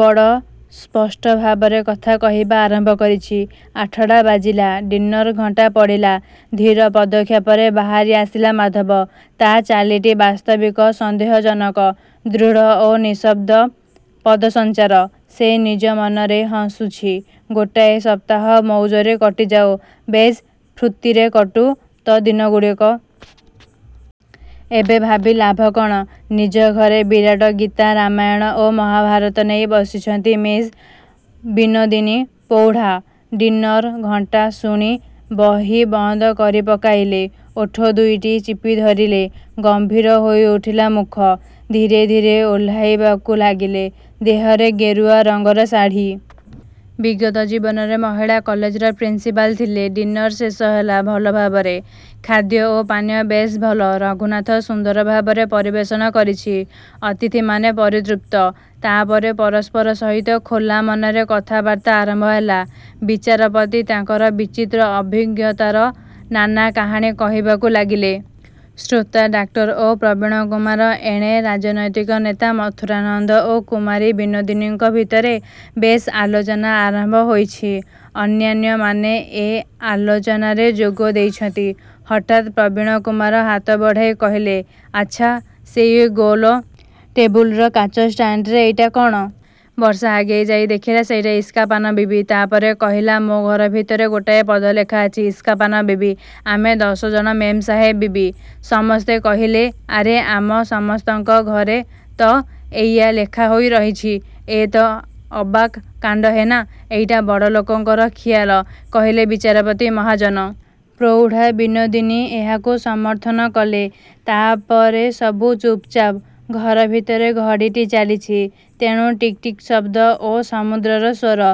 ବଡ଼ ସ୍ପଷ୍ଟଭାବରେ କଥା କହିବା ଆରମ୍ଭ କରିଛି। ଆଠଟା ବାଜିଲା। ଡିନର ଘଣ୍ଟା ପଡ଼ିଲା। ଧୀର ପଦକ୍ଷେପରେ ବାହାରିଆସିଲା ମାଧବ। ତା' ଚାଲିଟି ବାସ୍ତବିକ ସନ୍ଦେହଜନକ। ଦୃଢ଼ ଓ ନିଃଶବ୍ଦ ପଦସଞ୍ଚାର। ସେ ନିଜ ମନରେ ହସୁଛି, ଗୋଟାଏ ସପ୍ତାହ ମଉଜରେ କଟିଯାଉ। ବେଶ୍ ଫୂର୍ତ୍ତିରେ କଟୁ ତ ଦିନଗୁଡ଼ିକ। ଏତେ ଭାବି ଲାଭ କ'ଣ? ନିଜ ଘରେ ବିରାଟ ଗୀତା, ରାମାୟଣ ଓ ମହାଭାରତ ନେଇ ବସିଛନ୍ତି ମିସ୍ ବିନୋଦିନୀ, ପ୍ରୌଢ଼ା। ଡିନର ଘଣ୍ଟା ଶୁଣି ବହି ବନ୍ଦ କରିପକାଇଲେ। ଓଠଦୁଇଟି ଚିପିଧରିଲେ। ଗମ୍ଭୀର ହୋଇଉଠିଲା ମୁଖ। ଧୀରେ ଧୀରେ ଓହ୍ଲାଇବାକୁ ଲାଗିଲେ। ଦେହରେ ଗେରୁଆ ରଙ୍ଗର ଶାଢ଼ୀ। ବିଗତ ଜୀବନରେ ମହିଳା କଲେଜର ପ୍ରିନ୍ସପାଲ୍ ଥିଲେ। ଡିନର ଶେଷ ହେଲା ଭଲଭାବରେ। ଖାଦ୍ୟ ଓ ପାନୀୟ ବେଶ୍ ଭଲ। ରଘୁନାଥ ସୁନ୍ଦରଭାବରେ ପରିବେଷଣ କରିଛି। ଅତିଥିମାନେ ପରିତୃପ୍ତ। ତା'ପରେ ପରସ୍ପର ସହିତ ଖୋଲା ମନରେ କଥାବାର୍ତ୍ତା ଆରମ୍ଭ ହେଲା। ବିଚାରପତି ତାଙ୍କର ବିଚିତ୍ର ଅଭିଜ୍ଞତାର ନାନା କାହାଣୀ କହିବାକୁ ଲାଗିଲେ। ଶ୍ରୋତା ଡାକ୍ତର ଓ ପ୍ରବୀଣକୁମାର। ଏଣେ ରାଜନୈତିକ ନେତା ମଥୁରାନନ୍ଦ ଓ କୁମାରୀ ବିନୋଦିନୀଙ୍କ ଭିତରେ ବେଶ୍ ଆଲୋଚନା ଆରମ୍ଭ ହୋଇଛି। ଅନ୍ୟାନ୍ୟମାନେ ଏ ଆଲୋଚନାରେ ଯୋଗ ଦେଇଛନ୍ତି। ହଠାତ୍ ପ୍ରବୀଣକୁମାର ହାତ ବଢ଼ାଇ କହିଲେ, ଆଚ୍ଛା, ସେଇ ଗୋଲ ଟେବୁଲ୍ର କାଚ ଷ୍ଟାଣ୍ଡରେ ଏଇଟା କ'ଣ? ବର୍ଷା ଆଗେଇଯାଇ ଦେଖିଲା, ସେଇଟା ଇସ୍କା ପାନ ବିବି। ତା'ପରେ କହିଲା, ମୋ ଘରଭିତରେ ଗୋଟାଏ ପଦ ଲେଖାଅଛି, ଇସ୍କା ପାନ ବିବି, ଆମେ ଦଶଜଣ ମେମ୍ସାହେବ ବିବି। ସମସ୍ତେ କହିଲେ, ଆରେ, ଆମ ସମସ୍ତଙ୍କ ଘରେ ତ ଏଇଆ ଲେଖାହୋଇ ରହିଛି। ଏ ତ ଅବାକ୍ କାଣ୍ଡ ହେ ନା, ଏଇଟା ବଡ଼ଲୋକଙ୍କର ଖିଆଲ, କହିଲେ ବିଚାରପତି ମହାଜନ। ପ୍ରୌଢ଼ା ବିନୋଦିନୀ ଏହାକୁ ସମର୍ଥନ କଲେ। ତା'ପରେ ସବୁ ଚୁପ୍ଚାପ୍। ଘରଭିତରେ ଘଡ଼ିଟି ଚାଲିଛି, ତେଣୁ ଟିକ୍ ଟିକ୍ ଶବ୍ଦ ଓ ସମୁଦ୍ରର ସ୍ଵର।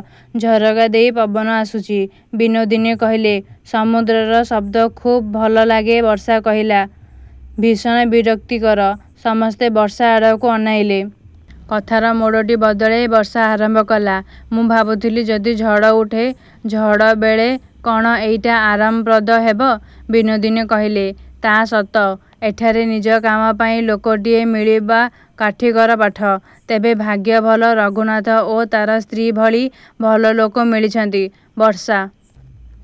ଝରକାଦେଇ ପବନ ଆସୁଛି। ବିନୋଦିନୀ କହିଲେ, ସମୁଦ୍ରର ଶବ୍ଦ ଖୁବ୍ ଭଲ ଲାଗେ ବର୍ଷା କହିଲା, ଭୀଷଣ ବିରକ୍ତିକର। ସମସ୍ତେ ବର୍ଷା ଆଡ଼କୁ ଅନାଇଲେ। କଥାର ମୋଡ଼ଟି ବଦଳାଇ ବର୍ଷା ଆରମ୍ଭ କଲା, ମୁଁ ଭାବୁଥିଲି, ଯଦି ଝଡ଼ ଉଠେ, ଝଡ଼ବେଳେ କ'ଣ ଏଇଟା ଆରାମପ୍ରଦ ହେବ? ବିନୋଦିନୀ କହିଲେ, ତା' ସତ। ଏଠାରେ ନିଜ କାମ ପାଇଁ ଲୋକଟିଏ ମିଳିବା କାଠିକର ପାଠ। ତେବେ ଭାଗ୍ୟ ଭଲ, ରଘୁନାଥ ଓ ତା'ର ସ୍ତ୍ରୀ ଭଳି ଭଲ ଲୋକ ମିଳିଛନ୍ତି। ବର୍ଷା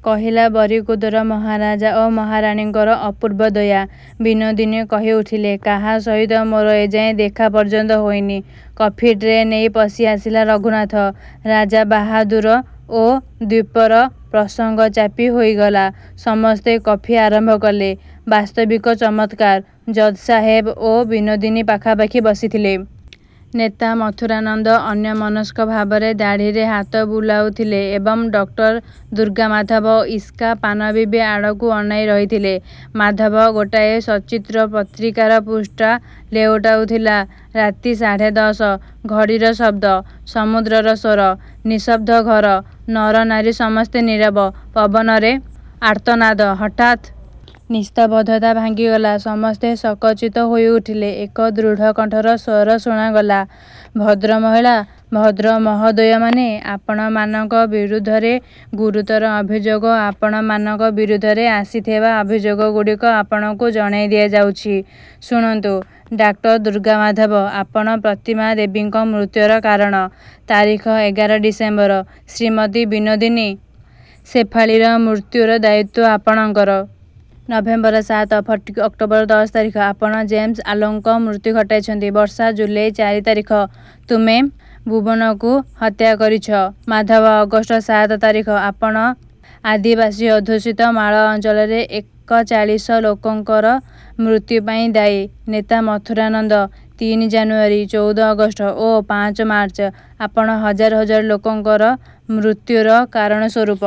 କହିଲା, ବରିକୁଦର ମହାରାଜା ଓ ମହାରାଣୀଙ୍କର ଅପୂର୍ବ ଦୟା। ବିନୋଦିନୀ କହିଉଠିଲେ, କାହା ସହିତ ମୋର ଏଯାଏଁ ଦେଖା ପର୍ଯ୍ୟନ୍ତ ହୋଇନି। କଫି ଟ୍ରେ ନେଇ ପଶି ଆସିଲା ରଘୁନାଥ। ରାଜାବାହାଦୁର ଓ ଦ୍ଵୀପର ପ୍ରସଙ୍ଗ ଚାପି ହୋଇଗଲା। ସମସ୍ତେ କଫି ଆରମ୍ଭ କଲେ। ବାସ୍ତବିକ ଚମତ୍କାର। ଜଜ୍ସାହେବ ଓ ବିନୋଦିନୀ ପାଖାପାଖି ବସିଥିଲେ। ନେତା ମଥୁରାନନ୍ଦ ଅନ୍ୟମନସ୍କଭାବରେ ଦାଢ଼ିରେ ହାତ ବୁଲାଉଥିଲେ ଏବଂ ଡାକ୍ତର ଦୁର୍ଗାମାଧବ ଇସ୍କା ପାନ ବିବି ଆଡ଼କୁ ଅନାଇ ରହିଥିଲେ। ମାଧବ ଗୋଟାଏସଚିତ୍ର ପତ୍ରିକାର ପୃଷ୍ଠା ଲେଉଟାଉଥିଲା। ରାତି ସାଢ଼େ ଦଶ। ଘଡ଼ିର ଶବ୍ଦ। ସମୁଦ୍ରର ସ୍ଵର। ନିଃଶବ୍ଦ ଘର। ନରନାରୀ ସମସ୍ତେ ନୀରବ। ପବନରେ ଆର୍ତ୍ତନାଦ। ହଠାତ୍ ନିସ୍ତବ୍ଧତା ଭାଙ୍ଗିଗଲା। ସମସ୍ତେ ସଚକିତ ହୋଇଉଠିଲେ। ଏକ ଦୃଢ଼କଣ୍ଠର ସ୍ଵର ଶୁଣାଗଲା, ଭଦ୍ରମହିଳା, ଭଦ୍ର ମହୋଦୟମାନେ, ଆପଣମାନଙ୍କ ବିରୁଦ୍ଧରେ ଗୁରୁତର ଅଭିଯୋଗ। ଆପଣମାନଙ୍କ ବିରୁଦ୍ଧରେ ଆସିଥିବା ଅଭିଯୋଗଗୁଡ଼ିକ ଆପଣଙ୍କୁ ଜଣାଇଦିଆଯାଉଛି, ଶୁଣନ୍ତୁ। ଡାକ୍ତରଦୁର୍ଗାମାଧବ, ଆପଣ ପ୍ରତିମା ଦେବୀଙ୍କ ମୃତ୍ୟୁର କାରଣ। ତାରିଖ ଏଗାର ଡିସେମ୍ବର। ଶ୍ରୀମତୀ ବିନୋଦିନୀ, ଶେଫାଳୀରମୃତ୍ୟୁରଦାୟିତ୍ୱଆପଣଙ୍କର। ନଭେମ୍ବର ସାତ। ଫଟିକ୍, ଅକ୍ଟୋବର ଦଶ ତାରିଖ। ଆପଣ ଜେମ୍ସ-ଆଂଲୋଙ୍କ ମୃତ୍ୟୁ ଘଟାଇଛନ୍ତି। ବର୍ଷା, ଜୁଲାଇ ଚାରି ତାରିଖ, ତୁମେବୁବୁନ୍କୁ ହତ୍ୟା କରିଛ। ମାଧବ, ଅଗଷ୍ଟ ସାତ ତାରିଖ, ଆପଣ ଆଦିବାସୀଅଧ୍ୟୁଷିତ ମାଳ ଅଞ୍ଚଳରେ ଏକଚାଳିଶ ଲୋକଙ୍କର ମୃତ୍ୟୁପାଇଁ ଦାୟୀ। ନେତା ମଥୁରାନନ୍ଦ, ତିନି ଜାନୁୟାରୀ, ଚଉଦ ଅଗଷ୍ଟ ଓ ପାଞ୍ଚ ମାର୍ଚ୍ଚ, ଆପଣ ହଜାର ହଜାର ଲୋକଙ୍କର ମୃତ୍ୟୁର କାରଣସ୍ଵରୂପ।